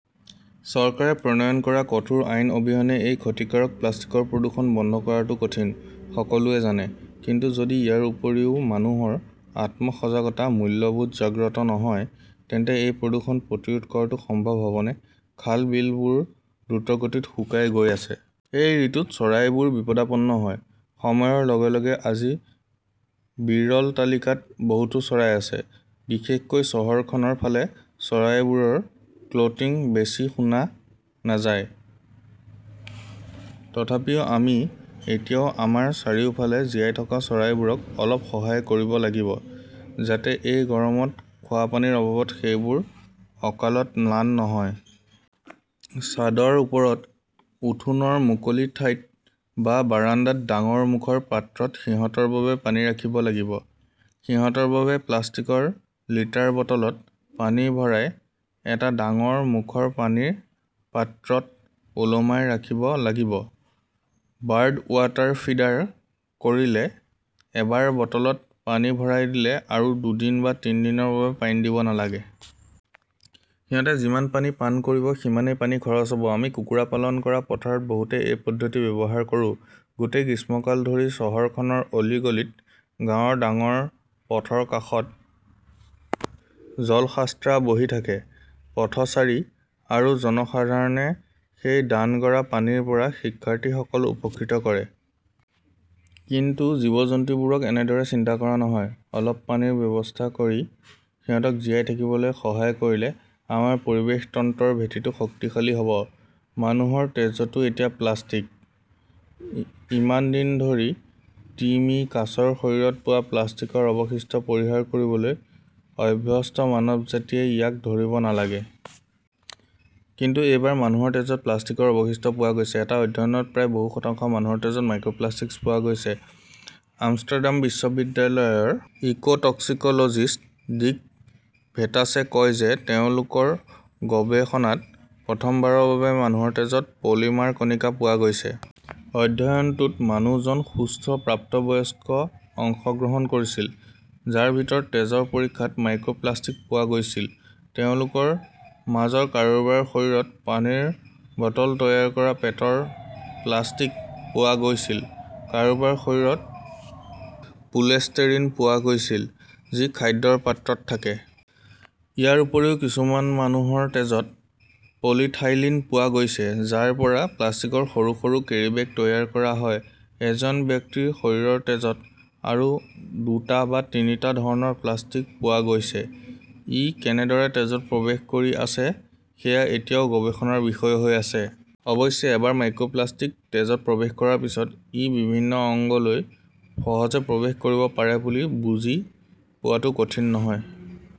চৰকাৰে প্ৰণয়ন কৰা কঠোৰ আইন অবিহনে এই ক্ষতিকাৰক প্লাষ্টিকৰ প্ৰদূষণ বন্ধ কৰাটো কঠিন, সকলোৱে জানে। কিন্তু যদি ইয়াৰ উপৰিও মানুহৰ আত্ম-সজাগতা, মূল্যবোধ জাগ্ৰত নহয়, তেন্তে এই প্ৰদূষণ প্ৰতিৰোধ কৰাটো সম্ভৱ হ'বনে? খাল, বিলবোৰ দ্ৰুতগতিত শুকাই গৈ আছে। এই ঋতুত চৰাইবোৰ বিপদাপন্ন হয়। সময়ৰ লগে লগে আজি বিৰল তালিকাত বহুতো চৰাই আছে। বিশেষকৈ চহৰখনৰ ফালে চৰাইবোৰৰ কোল্টিং বেছি শুনা নাযায়। তথাপিও আমি এতিয়াও আমাৰ চাৰিওফালে জীয়াই থকা চৰাইবোৰক অলপ সহায় কৰিব লাগিব যাতে এই গৰমত খোৱা পানীৰ অভাৱত সেইবোৰ অকালত ম্লান নহয়। ছাদৰ ওপৰত, উঠোনৰ মুকলি ঠাইত বা বাৰাণ্ডাত ডাঙৰ মুখৰ পাত্ৰত সিহঁতৰ বাবে পানী ৰাখিব লাগিব। সিহঁতৰ বাবে প্লাষ্টিকৰ লিটাৰ বটলত পানী ভৰাই এটা ডাঙৰ মুখৰ পানীৰ পাত্ৰত ওলমাই ৰাখিব লাগিব। বাৰ্ড ৱাটাৰ ফিডাৰ কৰিলে এবাৰ বটলত পানী ভৰাই দিলে আৰু দুদিন বা তিনি দিনৰ বাবে পানী দিব নালাগে। সিহঁতে যিমান পানী পান কৰিব সিমানেই পানী খৰচ হ'ব। আমি কুকুৰা পালন কৰা পথাৰত বহুতে এই পদ্ধতি ব্যৱহাৰ কৰো। গোটেই গ্ৰীষ্মকাল ধৰি চহৰখনৰ অলি গলিত, গাঁৱৰ ডাঙৰ পথৰ কাষত জলসাট্ৰা বহি থাকে। পথচাৰী আৰু জনসাধাৰণে সেই দান কৰা পানীৰ পৰা শিক্ষাৰ্থীসকলক উপকৃত কৰে। কিন্তু জীৱ-জন্তুবোৰক এনেদৰে চিন্তা কৰা নহয়। অলপ পানীৰ ব্যৱস্থা কৰি সিহঁতক জীয়াই থাকিবলৈ সহায় কৰিলে আমাৰ পৰিৱেশ তন্ত্ৰৰ ভেটিটো শক্তিশালী হ'ব। মানুহৰ তেজতো এতিয়া প্লাষ্টিক। ইমান দিন ধৰি তিমি, কাছৰ শৰীৰত পোৱা প্লাষ্টিকৰ অৱশিষ্ট পৰিহাৰ কৰিবলৈ অভ্যস্ত মানৱজাতিয়ে ইয়াক ধৰিব নালাগে। কিন্তু এইবাৰ মানুহৰ তেজত প্লাষ্টিকৰ অৱশিষ্ট পোৱা গৈছিল। এটা অধ্যয়নত প্ৰায় বহু‌ শতাংশ মানুহৰ তেজত মাইক্ৰপ্লাষ্টিক পোৱা গৈছে। আমষ্টাৰডাম বিশ্ববিদ্যালয়ৰ ইকোটক্সিক'লজিষ্ট ডিক ভেথাচে কয় যে তেওঁলোকৰ গৱেষণাত প্ৰথমবাৰৰ বাবে মানুহৰ তেজত পলিমাৰ কণিকা পোৱা গৈছে। অধ্যয়নটোত মানুহজন সুস্থ প্ৰাপ্তবয়স্ক অংশগ্ৰহণ কৰিছিল, যাৰ ভিতৰত তেজৰ পৰীক্ষাত মাইক্ৰপ্লাষ্টিক পোৱা গৈছিল। তেওঁলোকৰ মাজৰ কাৰোবাৰ শৰীৰত পানীৰ বটল তৈয়াৰ কৰা পেটৰ প্লাষ্টিক পোৱা গৈছিল, কাৰোবাৰ শৰীৰত পোলেষ্টেৰিন পোৱা গৈছিল, যি খাদ্যৰ পাত্ৰত থাকে। ইয়াৰ উপৰিও কিছুমান মানুহৰ তেজত পলিইথাইলিন পোৱা গৈছে, যাৰ পৰা প্লাষ্টিকৰ সৰু সৰু কেৰী বেগ তৈয়াৰ কৰা হয়। এজন ব্যক্তিৰ শৰীৰৰ তেজত আৰু দুটা বা তিনিটা ধৰণৰ প্লাষ্টিক পোৱা গৈছে। ই কেনেদৰে তেজত প্ৰৱেশ কৰি আছে সেয়া এতিয়াও গৱেষণাৰ বিষয় হৈ আছে। অৱশ্যে, এবাৰ মাইক্ৰপ্লাষ্টিক তেজত প্ৰৱেশ কৰাৰ পিছত, ই বিভিন্ন অংগলৈ সহজে প্ৰৱেশ কৰিব পাৰে বুলি বুজি পোৱাটো কঠিন নহয়।